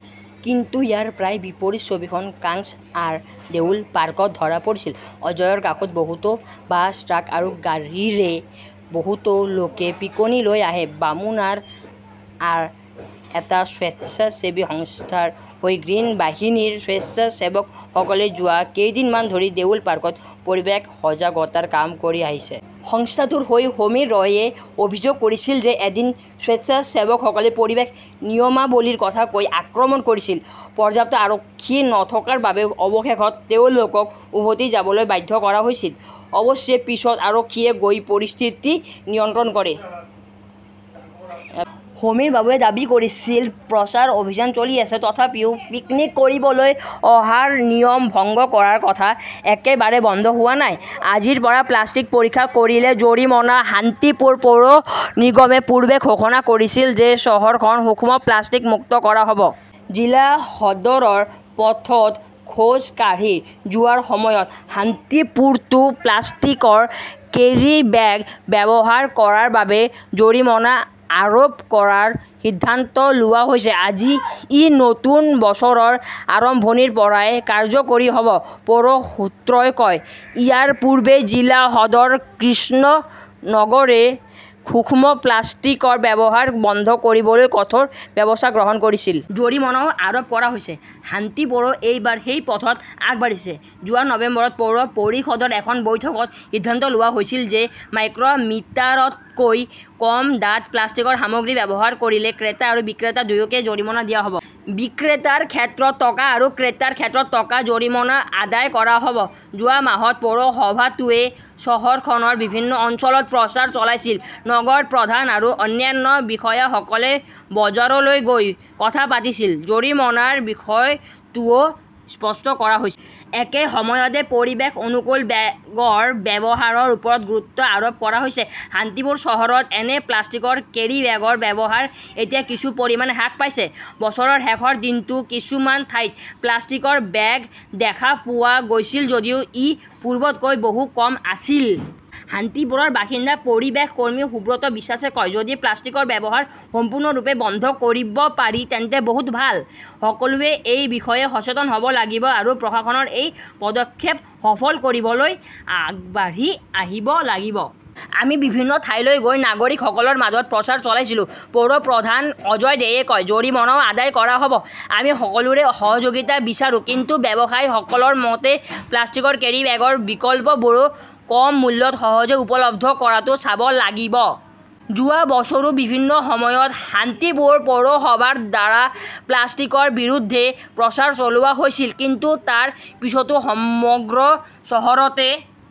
কিন্তু ইয়াৰ প্ৰায় বিপৰীত ছবিখন কানক্সাৰ দেউল পাৰ্কত ধৰা পৰিছিল। অজয়ৰ কাষত বহুতো বাছ, ট্ৰাক আৰু গাড়ীৰে বহুতো লোকে পিকনীলৈ আহে। বামুনাৰাৰ এটা স্বেচ্ছাসেৱী সংস্থাৰ হৈ 'গ্ৰীণ বাহিনী "ৰ স্বেচ্ছাসেৱকসকলে যোৱা কেইদিনমান ধৰি দেউল পাৰ্কত পৰিৱেশ সজাগতাৰ কাম কৰি আহিছে। সংস্থাটোৰ হৈ সমীৰ ৰয়ে অভিযোগ কৰিছিল যে এদিন স্বেচ্ছাসেৱকসকলে পৰিৱেশ নিয়মাৱলীৰ কথা কৈ আক্ৰমণ কৰিছিল। পৰ্যাপ্ত আৰক্ষী নথকাৰ বাবে অৱশেষত তেওঁলোকক উভতি যাবলৈ বাধ্য কৰা হৈছিল। অৱশ্যে পিছত আৰক্ষীয়ে গৈ পৰিস্থিতি নিয়ন্ত্ৰণ কৰে। সমীৰ বাবুৱে দাবী কৰিছিল, "প্ৰচাৰ অভিযান চলি আছে। তথাপিও, পিকনিক কৰিবলৈ অহাৰ নিয়ম ভংগ কৰাৰ প্ৰথা একেবাৰে বন্ধ হোৱা নাই। "। আজিৰ পৰা প্লাষ্টিক পৰীক্ষা কৰিলে জৰিমনা শান্তিপুৰ পৌৰ নিগমে পূৰ্বে ঘোষণা কৰিছিল যে চহৰখন সূক্ষ্ম প্লাষ্টিক মুক্ত কৰা হ 'ব। জিলা সদৰৰ পথত খোজ কাঢ়ি যোৱাৰ সময়ত শান্তিপুৰতো প্লাষ্টিকৰ কেৰীবেগ ব্যৱহাৰ কৰাৰ বাবে জৰিমনা আৰোপ কৰাৰ সিদ্ধান্ত লোৱা হৈছে। আজি, ই নতুন বছৰৰ আৰম্ভণিৰ পৰাই কাৰ্যকৰী হ 'ব, পৌৰ সূত্ৰই কয়। ইয়াৰ পূৰ্বে জিলা সদৰ কৃষ্ণনগৰে সূক্ষ্ম প্লাষ্টিকৰ ব্যৱহাৰ বন্ধ কৰিবলৈ কঠোৰ ব্যৱস্থা গ্ৰহণ কৰিছিল। জৰিমনাও আৰোপ কৰা হৈছে। শান্তিপুৰো এইবাৰ সেই পথত আগবাঢ়িছে। যোৱা নৱেম্বৰত পৌৰ পৰিষদৰ এখন বৈঠকত সিদ্ধান্ত লোৱা হৈছিল যে মাইক্ৰ "মিটাৰতকৈ কম ডাঠ প্লাষ্টিকৰ সামগ্ৰী ব্যৱহাৰ কৰিলে ক্ৰেতা আৰু বিক্ৰেতা দুয়োকে জৰিমনা দিয়া হ" ব। বিক্ৰেতাৰ ক্ষেত্ৰত টকা আৰু ক্ৰেতাৰ ক্ষেত্ৰত টকা জৰিমনা আদায় কৰা হ "ব। যোৱা মাহত পৌৰসভাটোৱে চহৰখনৰ বিভিন্ন অঞ্চলত প্ৰচাৰ চলাইছিল। নগৰ প্ৰধান আৰু অন্যান্য বিষয়াসকলে বজাৰলৈ গৈ কথা পাতিছিল। জৰিমনাৰ বিষয়টোও স্পষ্ট কৰা হৈছে। একে সময়তে, পৰিৱেশ-অনুকূল বেগৰ ব্যৱহাৰৰ ওপৰত গুৰুত্ব আৰোপ কৰা হৈছে। শান্তিপুৰ চহৰত এনে প্লাষ্টিকৰ কেৰিব্যাগৰ ব্যৱহাৰ এতিয়া কিছু পৰিমাণে হ্ৰাস পাইছে। বছৰৰ শেষৰ দিনটোত কিছুমান ঠাইত প্লাষ্টিকৰ বেগ দেখা পোৱা গৈছিল যদিও ই পূৰ্বতকৈ বহু কম আছিল। শান্তিপুৰৰ বাসিন্দা পৰিৱেশ কৰ্মী সুব্ৰত বিশ্বাসে কয়, "যদি প্লাষ্টিকৰ ব্যৱহাৰ সম্পূৰ্ণৰূপে বন্ধ কৰিব পাৰি তেন্তে বহুত ভাল। সকলোৱে এই বিষয়ে সচেতন হ "ব লাগিব আৰু প্ৰশাসনৰ এই পদক্ষেপ সফল কৰিবলৈ আগবাঢ়ি আহিব লাগিব। "আমি বিভিন্ন ঠাইলৈ গৈ নাগৰিকসকলৰ মাজত প্ৰচাৰ চলাইছিলো", পৌৰ প্ৰধান অজয় দেয়ে কয়। জৰিমনাও আদায় কৰা হ "ব। আমি সকলোৰে সহযোগিতা বিচাৰো। "কিন্তু ব্যৱসায়ীসকলৰ মতে, প্লাষ্টিকৰ কেৰিব্যাগৰ বিকল্পবোৰো কম মূল্যত সহজে উপলব্ধ কৰাটো চাব লাগিব। যোৱা বছৰো বিভিন্ন সময়ত শান্তিপুৰ পৌৰসভাৰ দ্বাৰা প্লাষ্টিকৰ বিৰুদ্ধে প্ৰচাৰ চলোৱা হৈছিল। কিন্তু তাৰ পিছতো সমগ্ৰ চহৰতে